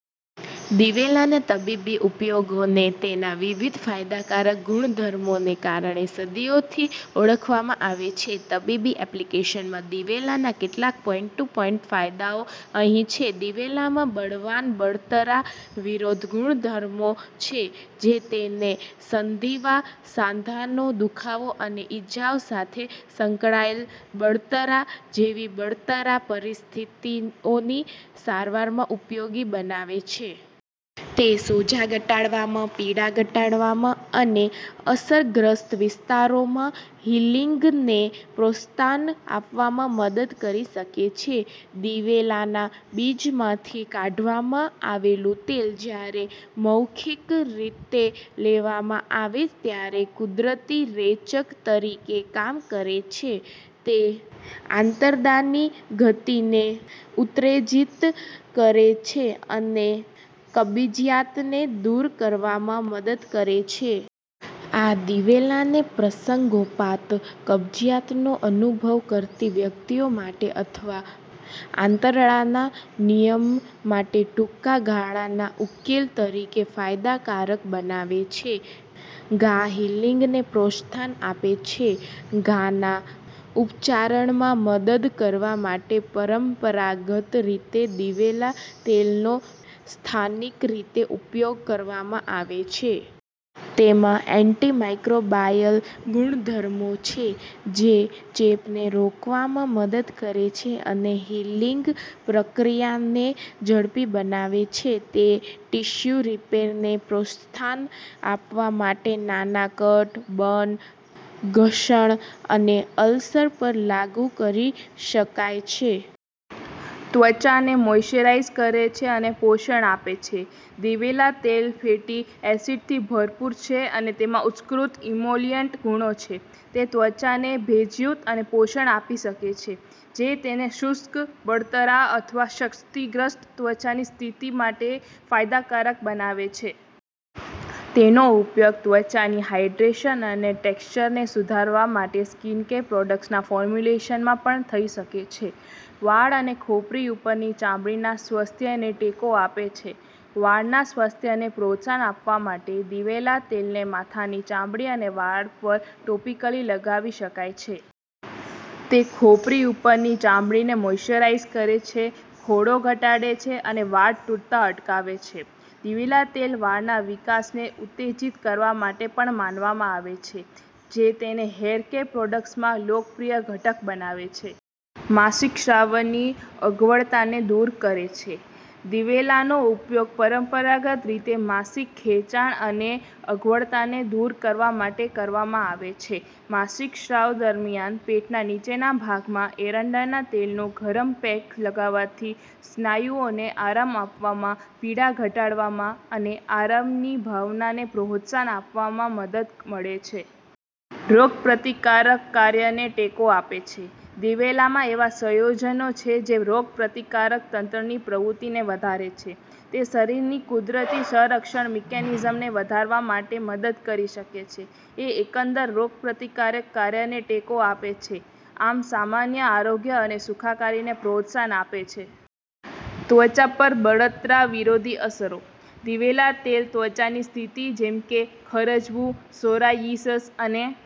દિવેલા ના તબીબી ઉપયોગોને તેના વિવિધ ફાયદાકારક ગુણધર્મોને કારણે સદીઓથી ઓળખવામાં આવે છે. તબીબી એપ્લિકેશનમાં દિવેલા ના કેટલાક પોઈન્ટ-ટુ-પોઈન્ટ ફાયદાઓ અહીં છે: દિવેલામાં બળવાન બળતરા વિરોધી ગુણધર્મો છે, જે તેને સંધિવા, સાંધાનો દુખાવો અને ઇજાઓ સાથે સંકળાયેલ બળતરા જેવી બળતરા પરિસ્થિતિઓની સારવારમાં ઉપયોગી બનાવે છે. તે સોજો ઘટાડવામાં, પીડા ઘટાડવામાં અને અસરગ્રસ્ત વિસ્તારોમાં હીલિંગને પ્રોત્સાહન આપવામાં મદદ કરી શકે છે. દિવેલાના બીજમાંથી કાઢવામાં આવેલું તેલ જ્યારે મૌખિક રીતે લેવામાં આવે ત્યારે કુદરતી રેચક તરીકે કામ કરે છે. તે આંતરડાની ગતિને ઉત્તેજિત કરે છે અને કબજિયાતને દૂર કરવામાં મદદ કરે છે. આ દિવેલાને પ્રસંગોપાત કબજિયાતનો અનુભવ કરતી વ્યક્તિઓ માટે અથવા આંતરડાના નિયમન માટે ટૂંકા ગાળાના ઉકેલ તરીકે ફાયદાકારક બનાવે છે. ઘા હીલિંગને પ્રોત્સાહન આપે છે: ઘાના ઉપચારમાં મદદ કરવા માટે પરંપરાગત રીતે દિવેલા તેલનો સ્થાનિક રીતે ઉપયોગ કરવામાં આવે છે. તેમાં એન્ટિમાઇક્રોબાયલ ગુણધર્મો છે જે ચેપને રોકવામાં મદદ કરે છે અને હીલિંગ પ્રક્રિયાને ઝડપી બનાવે છે. તે ટીશ્યુ રિપેરને પ્રોત્સાહન આપવા માટે નાના કટ, બર્ન, ઘર્ષણ અને અલ્સર પર લાગુ કરી શકાય છે. ત્વચાને મોઇશ્ચરાઇઝ કરે છે અને પોષણ આપે છે: દિવેલા તેલ ફેટી એસિડથી ભરપૂર છે અને તેમાં ઉત્કૃષ્ટ ઇમોલિયન્ટ ગુણો છે. તે ત્વચાને ભેજયુક્ત અને પોષણ આપી શકે છે, જે તેને શુષ્ક, બળતરા અથવા ક્ષતિગ્રસ્ત ત્વચાની સ્થિતિ માટે ફાયદાકારક બનાવે છે. તેનો ઉપયોગ ત્વચાની હાઇડ્રેશન અને ટેક્સચરને સુધારવા માટે સ્કિનકેર પ્રોડક્ટ્સના ફોર્મ્યુલેશનમાં પણ થઈ શકે છે. વાળ અને ખોપરી ઉપરની ચામડીના સ્વાસ્થ્યને ટેકો આપે છે: વાળના સ્વાસ્થ્યને પ્રોત્સાહન આપવા માટે દિવેલા તેલને માથાની ચામડી અને વાળ પર ટોપિકલી લગાવી શકાય છે. તે ખોપરી ઉપરની ચામડીને મોઇશ્ચરાઇઝ કરે છે, ખોડો ઘટાડે છે અને વાળ તૂટતા અટકાવે છે. દિવેલા તેલ વાળના વિકાસને ઉત્તેજીત કરવા માટે પણ માનવામાં આવે છે, જે તેને હેર કેર પ્રોડક્ટ્સમાં લોકપ્રિય ઘટક બનાવે છે. માસિક સ્રાવની અગવડતાને દૂર કરે છે: દિવેલાનો ઉપયોગ પરંપરાગત રીતે માસિક ખેંચાણ અને અગવડતાને દૂર કરવા માટે કરવામાં આવે છે. માસિક સ્રાવ દરમિયાન પેટના નીચેના ભાગમાં એરંડાના તેલનો ગરમ પેક લગાવવાથી સ્નાયુઓને આરામ આપવામાં, પીડા ઘટાડવામાં અને આરામની ભાવનાને પ્રોત્સાહન આપવામાં મદદ મળે છે. રોગપ્રતિકારક કાર્યને ટેકો આપે છે: દિવેલામાં એવા સંયોજનો છે જે રોગપ્રતિકારક તંત્રની પ્રવૃત્તિને વધારે છે. તે શરીરની કુદરતી સંરક્ષણ મિકેનિઝમ્સને વધારવામાં મદદ કરી શકે છે અને એકંદર રોગપ્રતિકારક કાર્યને ટેકો આપે છે, આમ સામાન્ય આરોગ્ય અને સુખાકારીને પ્રોત્સાહન આપે છે. ત્વચા પર બળતરા વિરોધી અસરો: દિવેલા તેલ ત્વચાની સ્થિતિ જેમ કે ખરજવું, સૉરાયિસસ અને